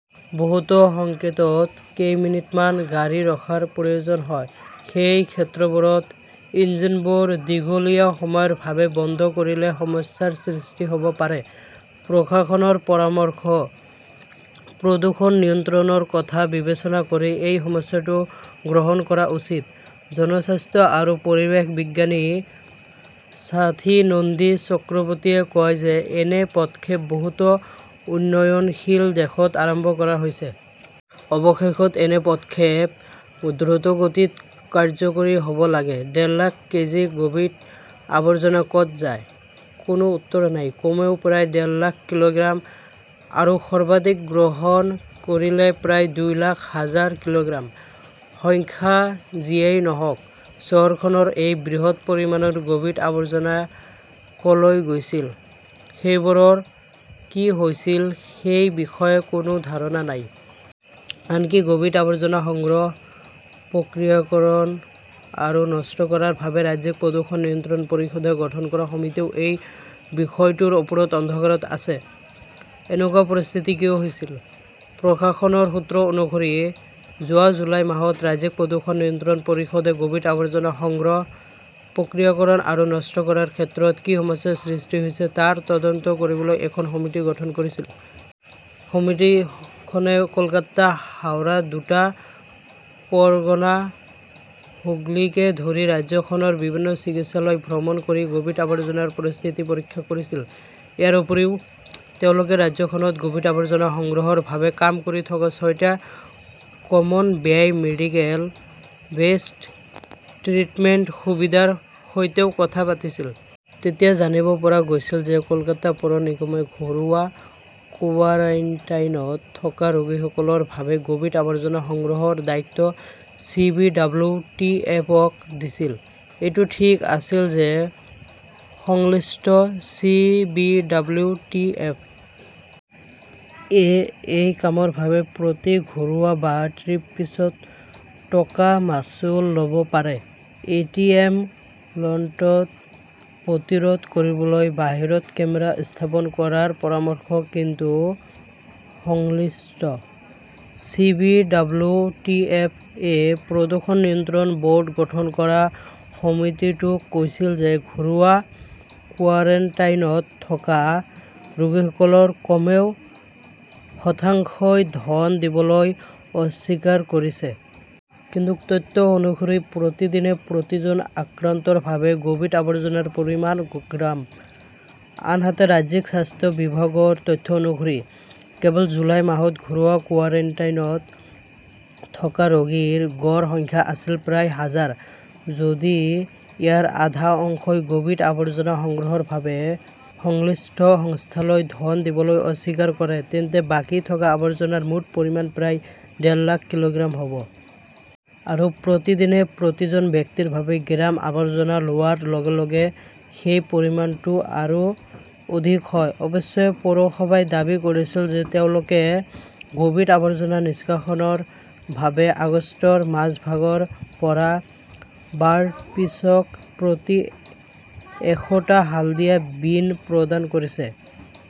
বহুতো সংকেতত কেইমিনিটমান গাড়ী ৰখাৰ প্ৰয়োজন হয়। সেই ক্ষেত্ৰবোৰত ইঞ্জিনবোৰ দীঘলীয়া সময়ৰ বাবে বন্ধ কৰিলে সমস্যাৰ সৃষ্টি হব পাৰে। প্ৰশাসনৰ পৰামৰ্শ, প্ৰদূষণ নিয়ন্ত্ৰণৰ কথা বিবেচনা কৰি এই সমস্যাটো গ্ৰহণ কৰা উচিত। জনস্বাস্থ্য আৰু পৰিৱেশ বিজ্ঞানী স্বাতী নন্দী চক্ৰৱৰ্তীয়ে কয় যে এনে পদক্ষেপ বহুতো উন্নয়নশীল দেশত আৰম্ভ কৰা হৈছে। অৱশেষত এনে পদক্ষেপ দ্ৰুতগতিত কাৰ্যকৰী হব লাগে। ডেৰ লাখ কেজি কভিড-আৱৰ্জনা কত যায়, কোনো উত্তৰ নাই কমেও প্ৰায় ডেৰ লাখ কিলোগ্ৰাম। আৰু সৰ্বাধিক গ্ৰহণ কৰিলে প্ৰায় দুই লাখ হাজাৰ কিলোগ্ৰাম! সংখ্যা যিয়েই নহওঁক, চহৰখনৰ এই বৃহৎ পৰিমাণৰ কভিড-আৱৰ্জনা কলৈ গৈছিল, সেইবোৰৰ কি হৈছিল সেই বিষয়ে কোনো ধাৰণা নাই। আনকি কভিড-আৱৰ্জনা সংগ্ৰহ, প্ৰক্ৰিয়াকৰণ আৰু নষ্ট কৰাৰ বাবে ৰাজ্যিক প্ৰদূষণ নিয়ন্ত্ৰণ পৰিষদে গঠন কৰা সমিতিও এই বিষয়টোৰ ওপৰত অন্ধকাৰত আছে। এনেকুৱা পৰিস্থিতি কিয় হৈছিল? প্ৰশাসনৰ সূত্ৰ অনুসৰি, যোৱা জুলাই মাহত ৰাজ্যিক প্ৰদূষণ নিয়ন্ত্ৰণ পৰিষদে কভিড-আৱৰ্জনা সংগ্ৰহ, প্ৰক্ৰিয়াকৰণ আৰু নষ্ট কৰাৰ ক্ষেত্ৰত কি সমস্যাৰ সৃষ্টি হৈছে তাৰ তদন্ত কৰিবলৈ এখন সমিতি গঠন কৰিছিল। সমিতিখনে কলকাতা, হাওৰা, দুটা পৰগনা, হুগলীকে ধৰি ৰাজ্যখনৰ বিভিন্ন চিকিৎসালয় ভ্ৰমণ কৰি কভিড আৱৰ্জনাৰ পৰিস্থিতি পৰীক্ষা কৰিছিল। ইয়াৰ উপৰিও, তেওঁলোকে ৰাজ্যখনত কভিড-আৱৰ্জনা সংগ্ৰহৰ বাবে কাম কৰি থকা ছয়টা 'common bio medical waste treatment সুবিধাৰ সৈতেও কথা পাতিছিল। তেতিয়া জানিব পৰা গৈছিল যে কলকাতা পৌৰ নিগমে ঘৰুৱা কোৱাৰাণ্টাইনত থকা ৰোগীসকলৰ বাবে কভিড-আৱৰ্জনা সংগ্ৰহৰ দায়িত্ব C. B. W. T. F. -ক দিছিল। এইটো ঠিক আছিল যে সংশ্লিষ্ট C. B. W. T. F. -এ এই কামৰ বাবে প্ৰতি ঘৰুৱা বা ট্ৰিপপিছত টকা মাচুল ল 'ব পাৰে। এ. টি. এম. লুণ্ঠন প্ৰতিৰোধ কৰিবলৈ বাহিৰত কেমেৰা স্থাপন কৰাৰ পৰামৰ্শ কিন্তু সংশ্লিষ্ট C. B. W. T. F. -এ প্ৰদূষণ নিয়ন্ত্ৰণ বৰ্ড গঠন কৰা সমিতিটোক কৈছিল যে ঘৰুৱা কোৱাৰাণ্টাইনত থকা ৰোগীসকলৰ কমেও শতাংশই ধন দিবলৈ অস্বীকাৰ কৰিছে। কিন্তু তথ্য অনুসৰি প্ৰতিদিনে প্ৰতিজন আক্ৰান্তৰ বাবে কভিড-আৱৰ্জনাৰ পৰিমাণ গ্ৰাম। আনহাতে, ৰাজ্যিক স্বাস্থ্য বিভাগৰ তথ্য অনুসৰি, কেৱল জুলাই মাহত ঘৰুৱা কোৱাৰাণ্টাইনত থকা ৰোগীৰ গড় সংখ্যা আছিল প্ৰায় হাজাৰ। যদি ইয়াৰ আধা অংশই কভিড-আৱৰ্জনা সংগ্ৰহৰ বাবে সংশ্লিষ্ট সংস্থালৈ ধন দিবলৈ অস্বীকাৰ কৰে, তেন্তে বাকী থকা আৱৰ্জনাৰ মুঠ পৰিমাণ প্ৰায় ডেৰ লাখ কিলোগ্ৰাম হব। আৰু প্ৰতিদিনে প্ৰতিজন ব্যক্তিৰ বাবে গ্ৰাম আৱৰ্জনা লোৱাৰ লগে-লগে সেই পৰিমাণটো আৰু অধিক হয়! অৱশ্যে, পৌৰসভাই দাবী কৰিছিল যে তেওঁলোকে ক'ভিড-আৱৰ্জনা নিষ্কাশনৰ বাবে আগষ্টৰ মাজভাগৰ পৰা ৱাৰ্ডপিচক প্ৰতি এশ টা হালধীয়া বীন প্ৰদান কৰিছে।